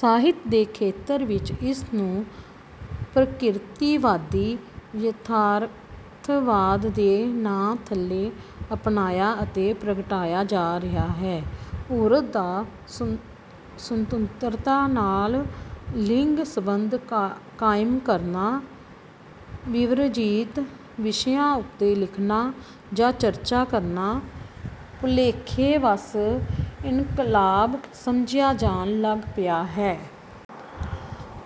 ਸਾਹਿਤ ਦੇ ਖੇਤਰ ਵਿੱਚ ਇਸਨੂੰ ਪ੍ਰਕਿਰਤੀਵਾਦੀ ਯਥਾਰਥਵਾਦ ਦੇ ਨਾਂ ਥੱਲੇ ਅਪਣਾਇਆ ਅਤੇ ਪ੍ਰਗਟਾਇਆ ਜਾ ਰਿਹਾ ਹੈ। ਔਰਤ ਦਾ ਸੁਤੰਤਰਤਾ ਨਾਲ ਲਿੰਗ ਸੰਬੰਧ ਕਾਇਮ ਕਰਨਾ। ਵਿਵਰਜੀਤ ਵਿਸ਼ਿਆ ਉੱਤੇ ਲਿਖਣਾ ਜਾਂ ਚਰਚਾ ਕਰਨਾ ਭੁਲੇਖੇ ਵਸ ਇਨਕਲਾਬ ਸਮਝਿਆ ਜਾਣ ਲੱਗ ਪਿਆ ਹੈ।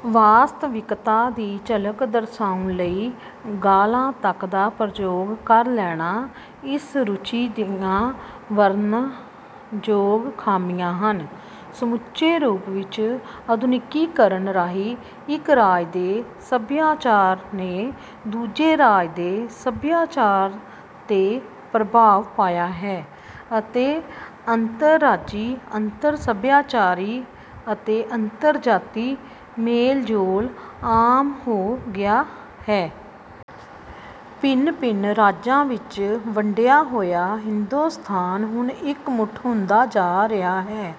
ਵਾਸਤਵਿਕਤਾ ਦੀ ਝਲਕ ਦਰਸਾਉਣ ਲਈ ਗਾਲਾਂ ਤੱਕ ਦਾ ਪ੍ਰਯੋਗ ਕਰ ਲੈਣਾ ਇਸ ਰੁਚੀ ਦੀਆਂ ਵਰਣਨ ਯੋਗ ਖਾਮੀਆਂ ਹਨ। ਸਮੁੱਚੇ ਰੂਪ ਵਿੱਚ ਆਧੁਨਿਕੀਕਰਨ ਰਾਹੀਂ ਇੱਕ ਰਾਜ ਦੇ ਸਭਿਆਚਾਰ ਨੇ ਦੂਜੇ ਰਾਜ ਦੇ ਸਭਿਆਚਾਰ ਤੇ ਪ੍ਰਭਾਵ ਪਾਇਆ ਹੈ ਅਤੇ ਅੰਤਰ-ਰਾਜੀ ਅੰਤਰ-ਸਭਿਆਚਾਰੀ ਅਤੇ ਅੰਤਰ-ਜਾਤੀ ਮੇਲ-ਜੋਲ ਆਮ ਹੋ ਗਿਆ ਹੈ। ਭਿੰਨ-ਭਿੰਨ ਰਾਜਾਂ ਵਿੱਚ ਵੰਡਿਆ ਹੋਇਆ ਹਿੰਦੁਸਤਾਨ ਹੁਣ ਇੱਕਮੁੱਠ ਹੁੰਦਾ ਜਾ ਰਿਹਾ ਹੈ।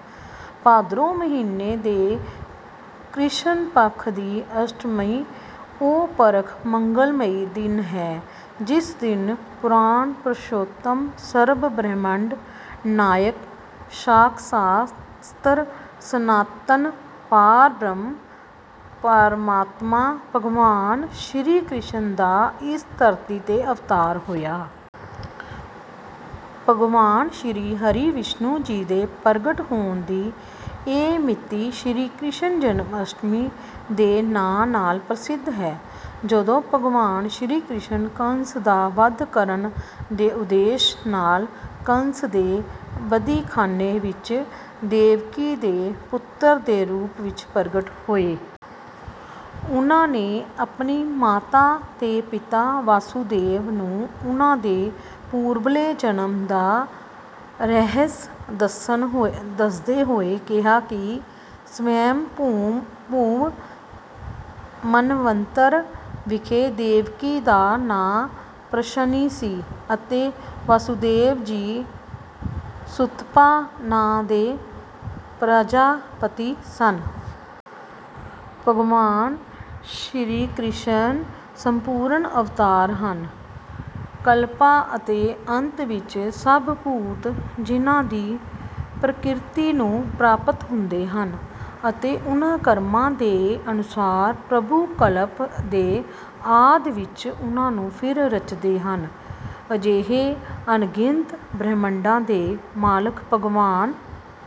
ਭਾਦਰੋਂ ਮਹੀਨੇ ਦੇ ਕ੍ਰਿਸ਼ਨ ਪੱਖ ਦੀ ਅਸ਼ਟਮੀ ਉਹ ਪਰਮ ਮੰਗਲਮਈ ਦਿਨ ਹੈ। ਜਿਸ ਦਿਨ ਪੁਰਾਣ ਪ੍ਰਸ਼ੋਤਮ ਸਰਬ ਬ੍ਰਹਿਮੰਡ ਨਾਇਕ ਸਾਖਸ਼ਾਤ ਸਨਾਤਨ ਪਾਰਬ੍ਰਹਮ ਪ੍ਰਮਾਤਮਾ ਭਗਵਾਨ ਸ਼੍ਰੀ ਕ੍ਰਿਸ਼ਨ ਦਾ ਇਸ ਧਰਤੀ ਤੇ ਅਵਤਾਰ ਹੋਇਆ। ਭਗਵਾਨ ਸ਼੍ਰੀ ਹਰੀ ਵਿਸ਼ਨੂੰ ਜੀ ਦੇ ਪ੍ਰਗਟ ਹੋਣ ਦੀ ਇਹ ਮਿਤੀ ਸ਼੍ਰੀ ਕ੍ਰਿਸ਼ਨ ਜਨਮ ਅਸ਼ਟਮੀ ਦੇ ਨਾਂ ਨਾਲ ਪ੍ਰਸਿੱਧ ਹੈ। ਜਦੋਂ ਭਗਵਾਨ ਸ਼੍ਰੀ ਕ੍ਰਿਸ਼ਨ ਕੰਸ ਦਾ ਵਧ ਕਰਨ ਦੇ ਉਦੇਸ਼ ਨਾਲ ਕੰਸ ਦੇ ਬੰਦੀਖਾਨੇ ਵਿੱਚ ਦੇਵਕੀ ਦੇ ਪੁੱਤਰ ਦੇ ਰੂਪ ਵਿੱਚ ਪ੍ਰਗਟ ਹੋਏ। ਉਨ੍ਹਾਂ ਨੇ ਆਪਣੀ ਮਾਤਾ ਤੇ ਪਿਤਾ ਵਾਸੁਦੇਵ ਨੂੰ ਉਨ੍ਹਾਂ ਦੇ ਪੂਰਬਲੇ ਜਨਮ ਦਾ ਰਹੱਸ ਦੱਸਦੇ ਹੋਏ ਕਿਹਾ ਕਿ ਸਵੈਮਭੁਵ ਮਨਵੰਤਰ ਵਿਖੇ ਦੇਵਕੀ ਦਾ ਨਾਂ ਪ੍ਰਸ਼ਨੀ ਸੀ। ਅਤੇ ਵਾਸੁਦੇਵ ਜੀ ਸੁਤਪਾ ਨਾਂ ਦੇ ਪ੍ਰਜਾਪਤੀ ਸਨ। ਭਗਵਾਨ ਸ਼੍ਰੀ ਕ੍ਰਿਸ਼ਨ ਸੰਪੂਰਨ ਅਵਤਾਰ ਹਨ। ਕਲਪਾਂ ਦੇ ਅੰਤ ਵਿੱਚ ਸਭ ਭੂਤ ਜਿਨ੍ਹਾਂ ਦੀ ਪ੍ਰਕਿਰਤੀ ਨੂੰ ਪ੍ਰਾਪਤ ਹੁੰਦੇ ਹਨ। ਅਤੇ ਉਨ੍ਹਾਂ ਕਰਮਾਂ ਦੇ ਅਨੁਸਾਰ ਪ੍ਰਭੂ ਕਲਪ ਦੇ ਆਦਿ ਵਿੱਚ ਉਨ੍ਹਾਂ ਨੂੰ ਫਿਰ ਰਚਦੇ ਹਨ। ਅਜਿਹੇ ਅਣਗਿਣਤ ਬ੍ਰਹਿਮੰਡਾਂ ਦੇ ਮਾਲਕ ਭਗਵਾਨ